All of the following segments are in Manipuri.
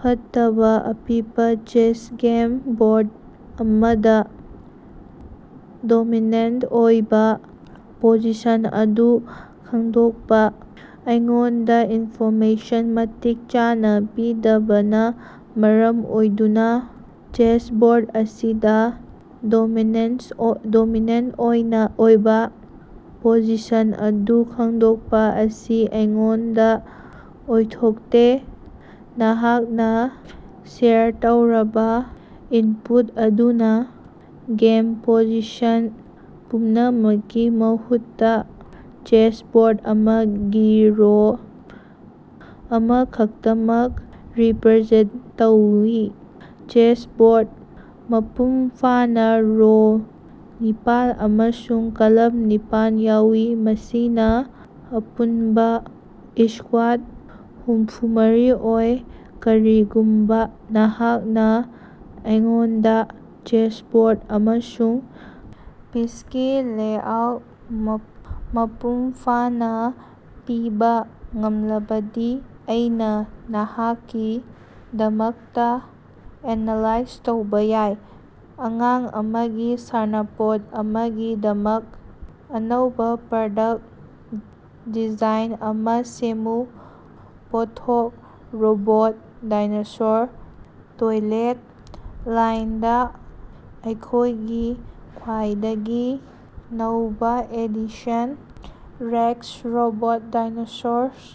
ꯐꯠꯇꯕ ꯑꯄꯤꯕ ꯆꯦꯁ ꯒꯦꯝ ꯕꯣꯔꯗ ꯑꯃꯗ ꯗꯣꯃꯤꯅꯦꯟꯇ ꯑꯣꯏꯕ ꯄꯣꯖꯤꯁꯟ ꯑꯗꯨ ꯈꯪꯗꯣꯛꯄ꯫ ꯑꯩꯉꯣꯟꯗ ꯏꯟꯐꯣꯔꯃꯦꯁꯟ ꯃꯇꯤꯛ ꯆꯥꯅ ꯄꯤꯗꯕꯅ ꯃꯔꯝ ꯑꯣꯏꯗꯨꯅ ꯆꯦꯁꯕꯣꯔꯗ ꯑꯁꯤꯗ ꯗꯣꯃꯤꯅꯦꯟꯇ ꯑꯣꯏꯕ ꯄꯣꯖꯤꯁꯟ ꯑꯗꯨ ꯈꯪꯗꯣꯛꯄ ꯑꯁꯤ ꯑꯩꯉꯣꯟꯗ ꯑꯣꯏꯊꯣꯛꯇꯦ꯫ ꯅꯍꯥꯛꯅ ꯁꯦꯌꯔ ꯇꯧꯔꯕ ꯏꯟꯄꯨꯠ ꯑꯗꯨꯅ ꯒꯦꯝ ꯄꯣꯖꯤꯁꯟ ꯄꯨꯝꯅꯃꯛꯀꯤ ꯃꯍꯨꯠꯇ, ꯆꯦꯁꯕꯣꯔꯗ ꯑꯃꯒꯤ ꯔꯣ ꯑꯃꯈꯛꯇꯃꯛ ꯔꯤꯄꯔꯖꯦꯟꯇ ꯇꯧꯏ꯫ ꯆꯦꯁꯕꯣꯔꯗ ꯃꯄꯨꯡ ꯐꯥꯅꯥ ꯔꯣ ꯅꯤꯄꯥꯜ ꯑꯃꯁꯨꯡ ꯀꯂꯝ ꯅꯤꯄꯥꯜ ꯌꯥꯎꯏ, ꯃꯁꯤꯅ ꯑꯄꯨꯟꯕ ꯏꯁ꯭ꯀꯌꯥꯔ ꯍꯨꯝꯐꯨꯃꯔꯤ ꯑꯣꯏ꯫ ꯀꯔꯤꯒꯨꯝꯕ ꯅꯍꯥꯛꯅ ꯑꯩꯉꯣꯟꯗ ꯆꯦꯁꯕꯣꯔꯗ ꯑꯃꯁꯨꯡ ꯄꯤꯁꯀꯤ ꯂꯦꯑꯥꯎꯠ ꯃꯄꯨꯡ ꯐꯥꯅ ꯄꯤꯕ ꯉꯝꯂꯕꯗꯤ ꯑꯩꯅ ꯅꯍꯥꯛꯀꯤꯗꯃꯛꯇ ꯑꯦꯅꯥꯂꯥꯏꯖ ꯇꯧꯕ ꯌꯥꯏ꯫ ꯑꯉꯥꯡ ꯑꯃꯒꯤ ꯁꯥꯟꯅꯄꯣꯠ ꯑꯃꯒꯤꯗꯃꯛ ꯑꯅꯧꯕ ꯄ꯭ꯔꯗꯛꯇ ꯗꯤꯖꯥꯏꯟ ꯑꯃ ꯁꯦꯝꯃꯨ꯫ ꯄꯣꯠꯊꯣꯛ: ꯔꯣꯕꯣꯠ ꯗꯥꯏꯅꯣꯁꯥꯔꯁ꯫ ꯇꯣꯏꯂꯦꯠ ꯂꯥꯏꯟꯗ ꯑꯩꯈꯣꯏꯒꯤ ꯈ꯭ꯋꯥꯏꯗꯒꯤ ꯅꯧꯕ edition- rex, robot dinosaurs!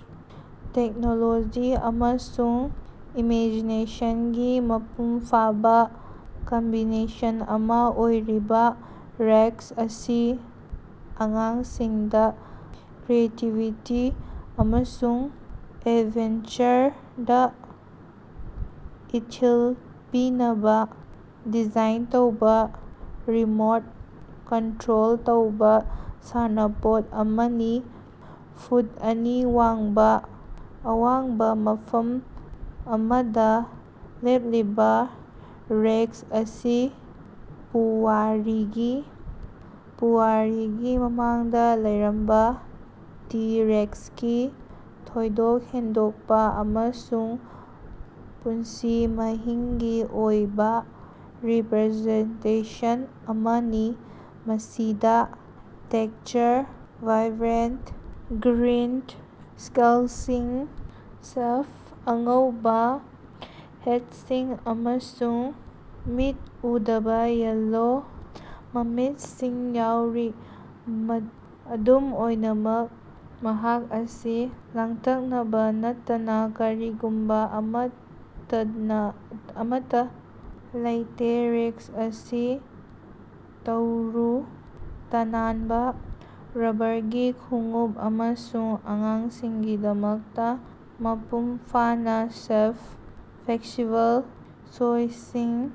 Technology ꯑꯃꯁꯨꯡ ꯏꯃꯦꯖꯤꯅꯦꯁꯟꯒꯤ ꯃꯄꯨꯡ ꯐꯥꯕ ꯀꯝꯕꯤꯅꯦꯁꯟ ꯑꯃ ꯑꯣꯏꯔꯤꯕ ꯔꯦꯛꯁ ꯑꯁꯤ ꯑꯉꯥꯡꯁꯤꯡꯗ ꯀ꯭ꯔꯤꯌꯦꯇꯤꯕꯤꯇꯤ ꯑꯃꯁꯨꯡ ꯑꯦꯗꯚꯦꯟꯆꯔꯗ ꯏꯊꯤꯜ ꯄꯤꯅꯕ ꯗꯤꯖꯥꯏꯟ ꯇꯧꯕ ꯔꯤꯃꯣꯠ ꯀꯟꯠꯔꯣꯜ ꯇꯧꯕ ꯁꯥꯟꯅꯄꯣꯠ ꯑꯃꯅꯤ꯫ ꯐꯨꯠ ꯑꯅꯤ ꯋꯥꯡꯕ ꯑꯋꯥꯡꯕ ꯃꯐꯝ ꯑꯃꯗ ꯂꯦꯞꯂꯤꯕ ꯔꯦꯛꯁ ꯑꯁꯤ ꯄꯨꯋꯥꯔꯤꯒꯤ ꯄꯨꯋꯥꯔꯤꯒꯤ ꯃꯃꯥꯡꯗ ꯂꯩꯔꯝꯕ ꯇꯤ-ꯔꯦꯛꯁꯀꯤ ꯊꯣꯏꯗꯣꯛ ꯍꯦꯟꯗꯣꯛꯄ ꯑꯃꯁꯨꯡ ꯄꯨꯟꯁꯤ ꯃꯍꯤꯡꯒꯤ ꯑꯣꯏꯕ ꯔꯤꯄꯔꯖꯦꯟꯇꯦꯁꯟ ꯑꯃꯅꯤ, ꯃꯁꯤꯗ ꯇꯦꯛꯁꯆꯔ, ꯚꯥꯏꯕ꯭ꯔꯦꯟꯇ ꯒ꯭ꯔꯤꯟ ꯏꯁ꯭ꯀꯦꯜꯁꯤꯡ, ꯁꯥꯐꯕꯥ ꯑꯉꯧꯕꯥ ꯍꯥꯠꯁꯤꯡ, ꯑꯃꯁꯨꯡ ꯃꯤꯠ ꯎꯗꯕ ꯌꯦꯜꯂꯣ ꯃꯃꯤꯠꯁꯤꯡ ꯌꯥꯎꯔꯤ꯫ ꯑꯗꯨꯝ ꯑꯣꯏꯅꯃꯛ, ꯃꯍꯥꯛ ꯑꯁꯤ ꯂꯥꯡꯇꯛꯅꯕ ꯅꯠꯇꯅ ꯀꯔꯤꯒꯨꯝꯕ ꯑꯃꯠꯇ ꯂꯩꯇꯦ- ꯔꯦꯛꯁ ꯑꯁꯤ ꯇꯔꯨ ꯇꯅꯥꯟꯕꯥ, ꯔꯕ꯭ꯕꯔꯒꯤ ꯈꯣꯡꯎꯞ ꯑꯃꯁꯨꯡ ꯑꯉꯥꯡꯁꯤꯡꯒꯤꯗꯃꯛꯇ ꯃꯄꯨꯡ ꯐꯥꯅ ꯁꯥꯐꯕ ꯐ꯭ꯂꯦꯛꯁꯤꯕꯜ, ꯁꯣꯏꯁꯤꯡ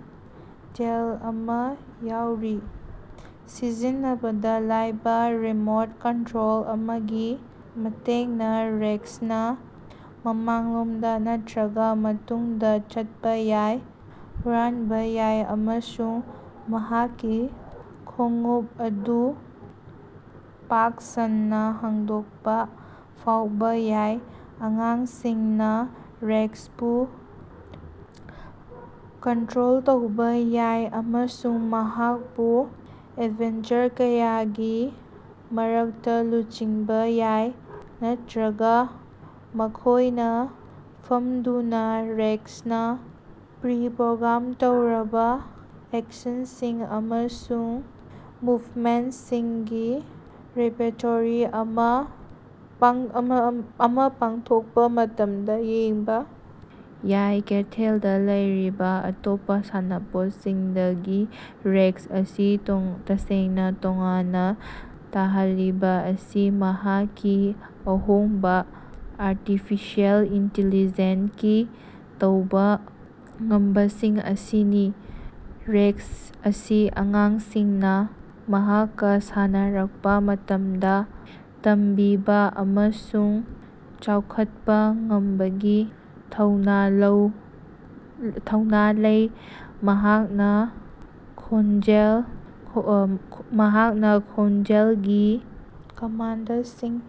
ꯇꯦꯜ ꯑꯃ ꯌꯥꯎꯔꯤ꯫ ꯁꯤꯖꯤꯟꯅꯕꯗ ꯂꯥꯏꯕ ꯔꯤꯃꯣꯠ ꯀꯟꯇꯔꯣꯜ ꯑꯃꯒꯤ ꯃꯇꯦꯡꯅ ꯔꯦꯛꯁꯅ ꯃꯃꯥꯡꯂꯣꯝꯗ ꯅꯠꯇ꯭ꯔꯒꯥ ꯃꯇꯨꯡꯗ ꯆꯠꯄ ꯌꯥꯏ, ꯍꯨꯔꯥꯟꯕ ꯌꯥꯏ ꯑꯃꯁꯨꯡ ꯃꯍꯥꯛꯀꯤ ꯈꯣꯡꯎꯞ ꯑꯗꯨ ꯄꯥꯛ ꯁꯟꯅ ꯍꯥꯡꯗꯣꯛꯄ ꯐꯥꯎꯕ ꯌꯥꯏ꯫ ꯑꯉꯥꯡꯁꯤꯡꯅꯥ ꯔꯦꯛꯁꯄꯨ ꯀꯟꯇꯔꯣꯜ ꯇꯧꯕ ꯌꯥꯏ ꯑꯃꯁꯨꯡ ꯃꯍꯥꯛꯄꯨ ꯑꯦꯗꯚꯦꯟꯆꯔ ꯀꯌꯥꯒꯤ ꯃꯔꯛꯇ ꯂꯨꯆꯤꯡꯕ ꯌꯥꯏ, ꯅꯠꯇ꯭ꯔꯒꯥ ꯃꯈꯣꯏꯅ ꯐꯝꯗꯨꯅ ꯔꯦꯛꯁꯅ ꯄ꯭ꯔꯤ-ꯄ꯭ꯔꯣꯒ꯭ꯔꯥꯝ ꯇꯧꯔꯕ ꯑꯦꯛꯁꯟꯁꯤꯡ ꯑꯃꯁꯨꯡ ꯃꯨꯚꯃꯦꯟꯇꯁꯤꯡꯒꯤ ꯔꯦꯄꯔꯇꯣꯔꯤ ꯑꯃ ꯄꯥꯡꯊꯣꯛꯄ ꯃꯇꯝꯗ ꯌꯦꯡꯕ ꯌꯥꯏ꯫ ꯀꯩꯊꯦꯜꯗ ꯂꯩꯔꯤꯕꯥ ꯑꯇꯣꯞꯄ ꯁꯥꯟꯅꯄꯣꯠꯁꯤꯡꯗꯒꯤ ꯔꯦꯛꯁ ꯑꯁꯤ ꯇꯁꯦꯡꯅ ꯇꯣꯉꯥꯟꯅ ꯇꯥꯍꯜꯂꯤꯕ ꯑꯁꯤ ꯃꯍꯥꯛꯀꯤ ꯑꯍꯣꯡꯕ ꯑꯥꯔꯇꯤꯐꯤꯁꯤꯑꯦꯜ ꯏꯟꯇꯤꯂꯤꯖꯦꯟꯁꯀꯤ ꯇꯧꯕ ꯉꯝꯕꯁꯤꯡ ꯑꯁꯤꯅꯤ꯫ ꯔꯦꯛꯁ ꯑꯁꯤ ꯑꯉꯥꯡꯁꯤꯡꯅ ꯃꯍꯥꯛꯀꯥ ꯁꯥꯟꯅꯔꯛꯄ ꯃꯇꯝꯗ "ꯇꯝꯕꯤꯕ" ꯑꯃꯁꯨꯡ "ꯆꯥꯎꯈꯠꯄ" ꯉꯝꯕꯒꯤ ꯊꯧꯅ ꯂꯩ꯫ ꯃꯍꯥꯛꯅ ꯈꯣꯟꯖꯦꯜ ꯃꯍꯥꯛꯅ ꯈꯣꯟꯖꯦꯜꯒꯤ ꯀꯃꯥꯟꯗꯁꯤꯡ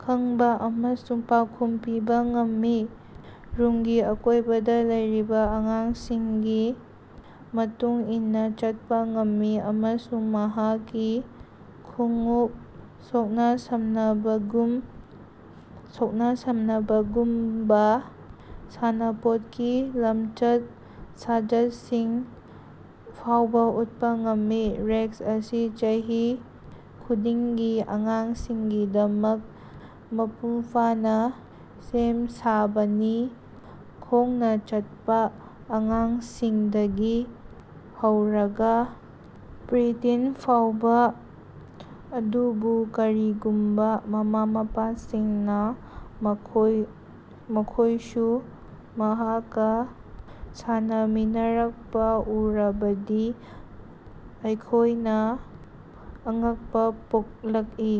ꯈꯪꯕ ꯑꯃꯁꯨꯡ ꯄꯥꯎꯈꯨꯝ ꯄꯤꯕ ꯉꯝꯃꯤ, ꯔꯨꯝꯒꯤ ꯑꯀꯣꯏꯕꯗ ꯂꯩꯕ ꯑꯉꯥꯡꯁꯤꯡꯒꯤ ꯃꯇꯨꯡ ꯏꯟꯅ ꯆꯠꯄ ꯉꯝꯃꯤ, ꯑꯃꯁꯨꯡ ꯃꯍꯥꯛꯀꯤ ꯈꯣꯡꯎꯞ ꯁꯣꯛꯅ-ꯁꯝꯅꯕꯒꯨꯝꯕ ꯁꯥꯟꯅꯄꯣꯠꯀꯤ ꯂꯝꯆꯠ-ꯁꯥꯖꯠꯁꯤꯡ ꯐꯥꯎꯕ ꯎꯠꯄ ꯉꯝꯃꯤ꯫ ꯔꯦꯛꯁ ꯑꯁꯤ ꯆꯍꯤ ꯈꯨꯗꯤꯡꯒꯤ ꯑꯉꯥꯡꯁꯤꯡꯒꯤꯗꯃꯛ ꯃꯄꯨꯡ ꯐꯥꯅ ꯁꯦꯝ ꯁꯥꯕꯅꯤ, ꯈꯣꯡꯅ ꯆꯠꯄ ꯑꯉꯥꯡꯁꯤꯡꯗꯒꯤ ꯍꯧꯔꯒꯥ ꯄ꯭ꯔꯤ-ꯇꯤꯟ ꯐꯥꯎꯕ ꯑꯗꯨꯕꯨ ꯀꯔꯤꯒꯨꯝꯕ ꯃꯃꯥ-ꯃꯄꯥꯁꯤꯡꯅ ꯃꯈꯣꯏꯁꯨ ꯃꯍꯥꯛꯀꯥ ꯁꯥꯟꯅꯃꯤꯟꯅꯔꯛꯄ ꯎꯔꯕꯗꯤ ꯑꯩꯈꯣꯏꯅ ꯑꯉꯛꯄꯥ ꯄꯣꯛꯂꯛꯏ!